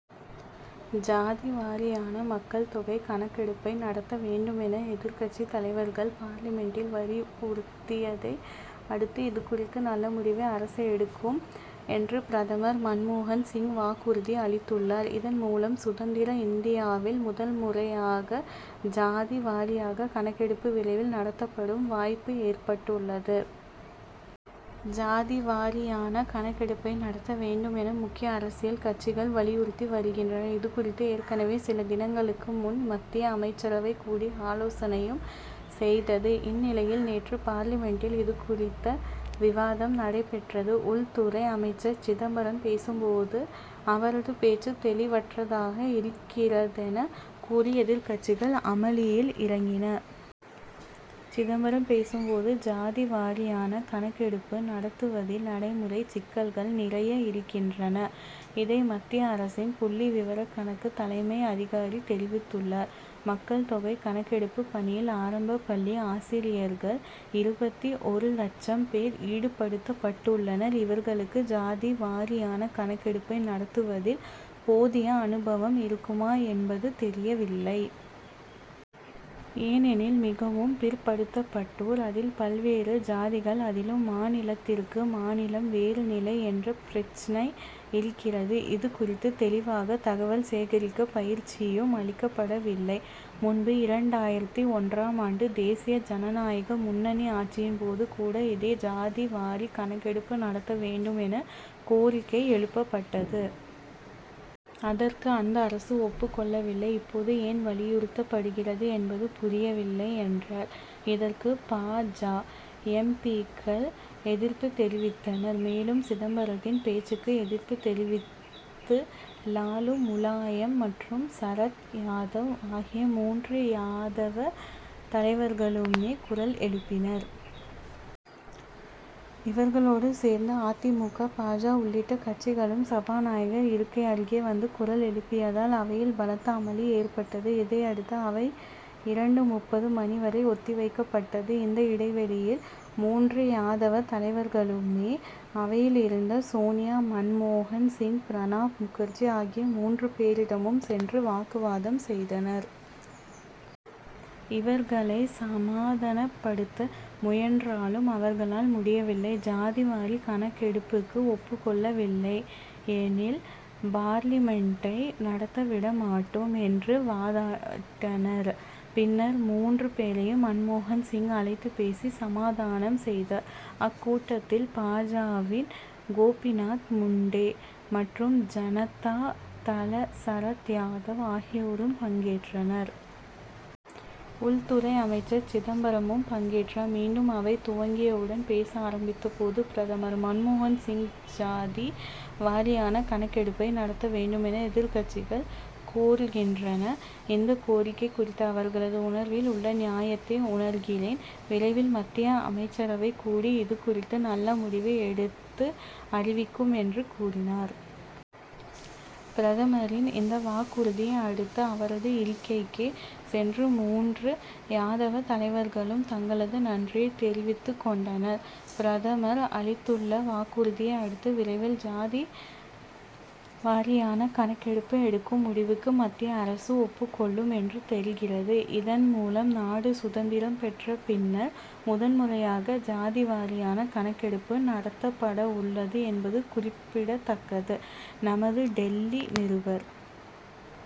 ஜாதி வாரியான மக்கள் தொகை கணக்கெடுப்பை நடத்த வேண்டுமென எதிர்க்கட்சித் தலைவர்கள் பார்லிமென்டில் வலியுறுத்தியதை அடுத்து இதுகுறித்து நல்ல முடிவை அரசு எடுக்கும் என்று பிரதமர் மன்மோகன் சிங் வாக்குறுதி அளித்துள்ளார். இதன் மூலம் சுதந்திர இந்தியாவில் முதன் முறையாக ஜாதி வாரியாக கணக்கெடுப்பு விரைவில் நடத்தப்படும் வாய்ப்பு ஏற்பட்டுள்ளது. ஜாதி வாரியான கணக்கெடுப்பை நடத்த வேண்டுமென முக்கிய அரசியல் கட்சிகள் வலியுறுத்தி வருகின்றன. இதுகுறித்து ஏற்கனவே சில தினங்களுக்கு முன் மத்திய அமைச்சரவை கூடி ஆலோசனையும் செய்தது. இந்நிலையில் நேற்று பார்லிமென்டில் இதுகுறித்த விவாதம் நடைபெற்றது. உள்துறை அமைச்சர் சிதம்பரம் பேசும் போது அவரது பேச்சு தெளிவற்றதாக இருக்கிறதென கூறி எதிர்க்கட்சிகள் அமளியில் இறங்கின. சிதம்பரம் பேசும் போது ஜாதி வாரியான கணக்கெடுப்பு நடத்துவதில் நடைமுறை சிக்கல்கள் நிறைய இருக்கின்றன. இதை மத்திய அரசின் புள்ளி விவரக் கணக்கு தலைமை அதிகாரி தெரிவித்துள்ளார். மக்கள் தொகை கணக்கெடுப்பு பணியில் ஆரம்பப்பள்ளி ஆசிரியர்கள் இருபத்தி ஒரு லட்சம் பேர் ஈடுபடுத்தப்பட்டுள்ளனர். இவர்களுக்கு ஜாதி வாரியான கணக்கெடுப்பை நடத்துவதில் போதிய அனுபவம் இருக்குமா என்பது தெரியவில்லை. ஏனெனில் மிகவும் பிற்படுத்தப்பட்டோர் அதில் பல்வேறு ஜாதிகள் அதிலும் மாநிலத்திற்கு மாநிலம் வேறு நிலை என்ற பிரச்னை இருக்கிறது. இது குறித்து தெளிவாக தகவல் சேகரிக்க பயிற்சியும் அளிக்கப்படவில்லை. முன்பு இரண்டாயிரத்து ஒன்றாம் ஆண்டு தேசிய ஜனநாயக முன்னணி ஆட்சியின் போது கூட இதே ஜாதி வாரி கணக்கெடுப்பு நடத்த வேண்டுமென கோரிக்கை எழுப்பப்பட்டது. அதற்கு அந்த அரசு ஒப்புக் கொள்ளவில்லை. இப்போது ஏன் வலியுறுத்தப்படுகிறது என்பது புரியவில்லை என்றார். இதற்கு பா. ஜ. எம். பி.க்கள் எதிர்ப்பு தெரிவித்தனர். மேலும் சிதம்பரத்தின் பேச்சுக்கு எதிர்ப்பு தெரிவித்து லாலு முலாயம் மற்றும் சரத் யாதவ் ஆகிய மூன்று யாதவ தலைவர்களுமே குரல் எழுப்பினர். இவர்களோடு சேர்ந்து அ. தி. மு. க. பா. ஜ. உள்ளிட்ட கட்சிகளும் சபாநாயகர் இருக்கை அருகே வந்து குரல் எழுப்பியதால் அவையில் பலத்த அமளி ஏற்பட்டது. இதையடுத்து அவை இரண்டு முப்பது மணி வரை ஒத்தி வைக்கப்பட்டது. இந்த இடைவெளியில் மூன்று யாதவ தலைவர்களுமே அவையில் இருந்த சோனியா மன்மோகன் சிங் பிரணாப் முகர்ஜி ஆகிய மூன்று பேரிடமும் சென்று வாக்குவாதம் செய்தனர். இவர்களை சமாதானப்படுத்த முயன்றாலும் அவர்களால் முடியவில்லை. ஜாதி வாரி கணக்கெடுப்புக்கு ஒப்புக்கொள்ளவில்லையெனில் பார்லிமென்டை நடத்த விடமாட்டோம் என்று வாதிட்டனர். பின்னர் மூன்று பேரையும் மன்மோகன் சிங் அழைத்து பேசி சமாதானம் செய்தார். அக்கூட்டத்தில் பா. ஜ.வின் கோபிநாத் முண்டே மற்றும் ஜனதா தள சரத் யாதவ் ஆகியோரும் பங்கேற்றனர். உள்துறை அமைச்சர் சிதம்பரமும் பங்கேற்றார். மீண்டும் அவை துவங்கியவுடன் பேச ஆரம்பித்த போது பிரதமர் மன்மோகன் சிங் ஜாதி வாரியான கணக்கெடுப்பை நடத்த வேண்டுமென எதிர்க்கட்சிகள் கோருகின்றன. இந்த கோரிக்கை குறித்த அவர்களது உணர்வில் உள்ள நியாயத்தை உணர்கிறேன். விரைவில் மத்திய அமைச்சரவை கூடி இதுகுறித்து நல்ல முடிவை எடுத்து அறிவிக்கும் என்று கூறினார். பிரதமரின் இந்த வாக்குறுதி அடுத்து அவரது இருக்கைக்கே சென்று மூன்று யாதவ தலைவர்களும் தங்களது நன்றியை தெரிவித்துக் கொண்டனர். பிரதமர் அளித்துள்ள வாக்குறுதியை அடுத்து விரைவில் ஜாதி வாரியான கணக்கெடுப்பு எடுக்கும் முடிவுக்கு மத்திய அரசு ஒப்புக்கொள்ளும் என்று தெரிகிறது. இதன் மூலம் நாடு சுதந்திரம் பெற்ற பின்னர் முதன்முறையாக ஜாதி வாரியான கணக்கெடுப்பு நடத்தப்படவுள்ளது என்பது குறிப்பிடத்தக்கது. நமது டெல்லி நிருபர்.